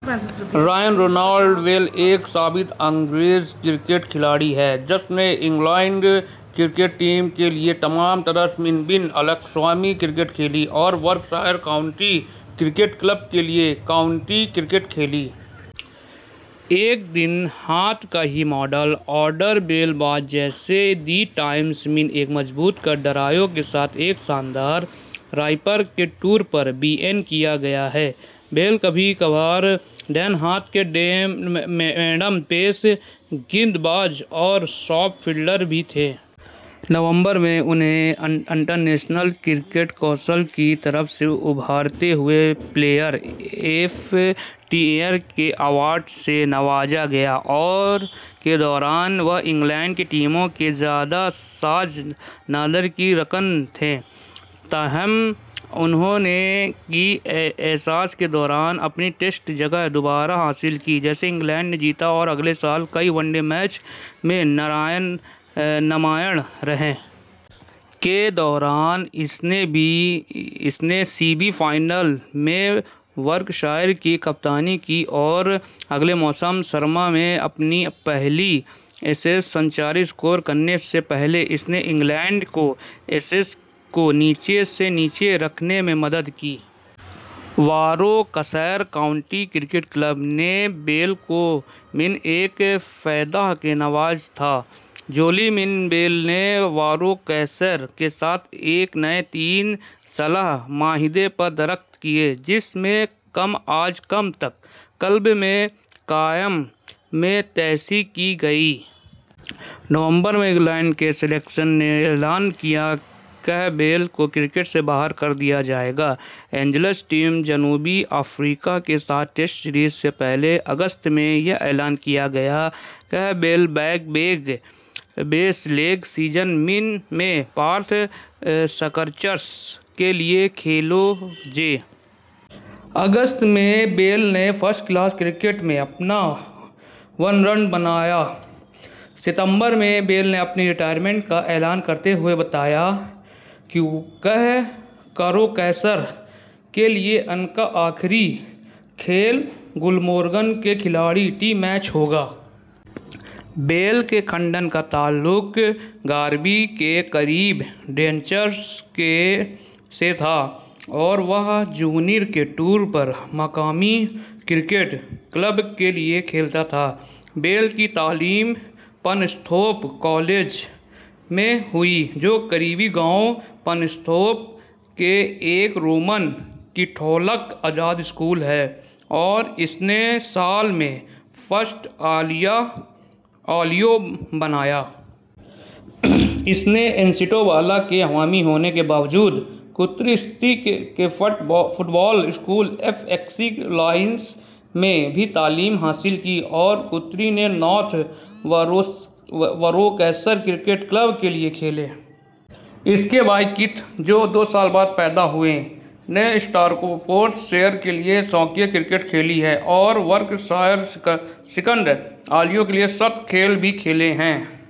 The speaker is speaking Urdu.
ایان رونالڈ بیل ایک سابق انگریز کرکٹ کھلاڑی ہے جس نے انگلینڈ کرکٹ ٹیم کے لیے تمام طرز میں بین الاقوامی کرکٹ کھیلی اور وارکشائر کاؤنٹی کرکٹ کلب کے لیے کاؤنٹی کرکٹ کھیلی۔ ایک دائیں ہاتھ کا ہائی/مڈل آرڈر بلے باز، جسے دی ٹائمز میں ایک مضبوط کور ڈرائیو کے ساتھ ایک "شاندار ریپیر" کے طور پر بیان کیا گیا ہے، بیل کبھی کبھار دائیں ہاتھ کے میڈیم پیس گیند باز اور سلپ فیلڈر بھی تھے۔ نومبر ء میں انھیں انٹرنیشنل کرکٹ کونسل کی طرف سے ابھرتے ہوئے پلیئر آف دی ایئر کے ایوارڈ سے نوازا گیا۔ ء اور ء کے دوران، وہ انگلینڈ کی ٹیموں کے زیادہ شاذ و نادر ہی رکن تھے تاہم انھوں نے ء کی ایشز کے دوران اپنی ٹیسٹ جگہ دوبارہ حاصل کی، جسے انگلینڈ نے جیتا اور اگلے سال کئی ون ڈے میچوں میں نمایاں رہے۔ ء کے دوران، اس نے سی بی فائنل میں وارکشائر کی کپتانی کی اور اگلے موسم سرما میں اپنی پہلی ایشز سنچری اسکور کرنے سے پہلے اس نے انگلینڈ کو ایشز کو نیچے سے نیچے رکھنے میں مدد کی۔ واروکشائر کاؤنٹی کرکٹ کلب نے بیل کو ء میں ایک فائدہ سے نوازا تھا۔ جولائی ء میں، بیل نے واروکشائر کے ساتھ ایک نئے تین سالہ معاہدے پر دستخط کیے جس میں کم از کم ء تک کلب میں قیام میں توسیع کی گئی۔ نومبر ء میں، انگلینڈ کے سلیکٹرز نے اعلان کیا کہ بیل کو کرکٹ سے باہر کر دیا جائے گا۔ انگلش ٹیم جنوبی افریقہ کے ساتھ ٹیسٹ سیریز سے پہلے۔ اگست ء میں، یہ اعلان کیا گیا کہ بیل - ء بگ بیش لیگ سیزن میں پرتھ سکارچرز کے لیے کھیلیں گے۔ اگست ء میں، بیل نے فرسٹ کلاس کرکٹ میں اپنا واں رن بنایا۔ ستمبر ء میں، بیل نے اپنی ریٹائرمنٹ کا اعلان کرتے ہوئے بتایا کہ واروکشائر کے لیے ان کا آخری کھیل گلمورگن کے خلاف ٹی میچ ہوگا۔ بیل کے خاندان کا تعلق رگبی کے قریب ڈنچرچ سے تھا اور وہ جونیئر کے طور پر مقامی کرکٹ کلب کے لیے کھیلتا تھا۔ بیل کی تعلیم پرنستھورپ کالج میں ہوئی، جو قریبی گاؤں پرنستھورپ کے ایک رومن کیتھولک آزاد اسکول ہے اور اس نے سال میں فسٹ الیون بنایا۔ اس نے ایسٹن ولا کے حامی ہونے کے باوجود، کوونٹری سٹی کے football school of excellence میں بھی تعلیم حاصل کی اور کوونٹری اور نارتھ واروکشائر کرکٹ کلب کے لیے کھیلے۔ اس کے بھائی کیتھ، جو دو سال بعد پیدا ہوئے، نے اسٹافورڈ شائر کے لیے شوقیہ کرکٹ کھیلی ہے اور وارکشائر سیکنڈ الیون کے لیے سات کھیل بھی کھیلے ہیں۔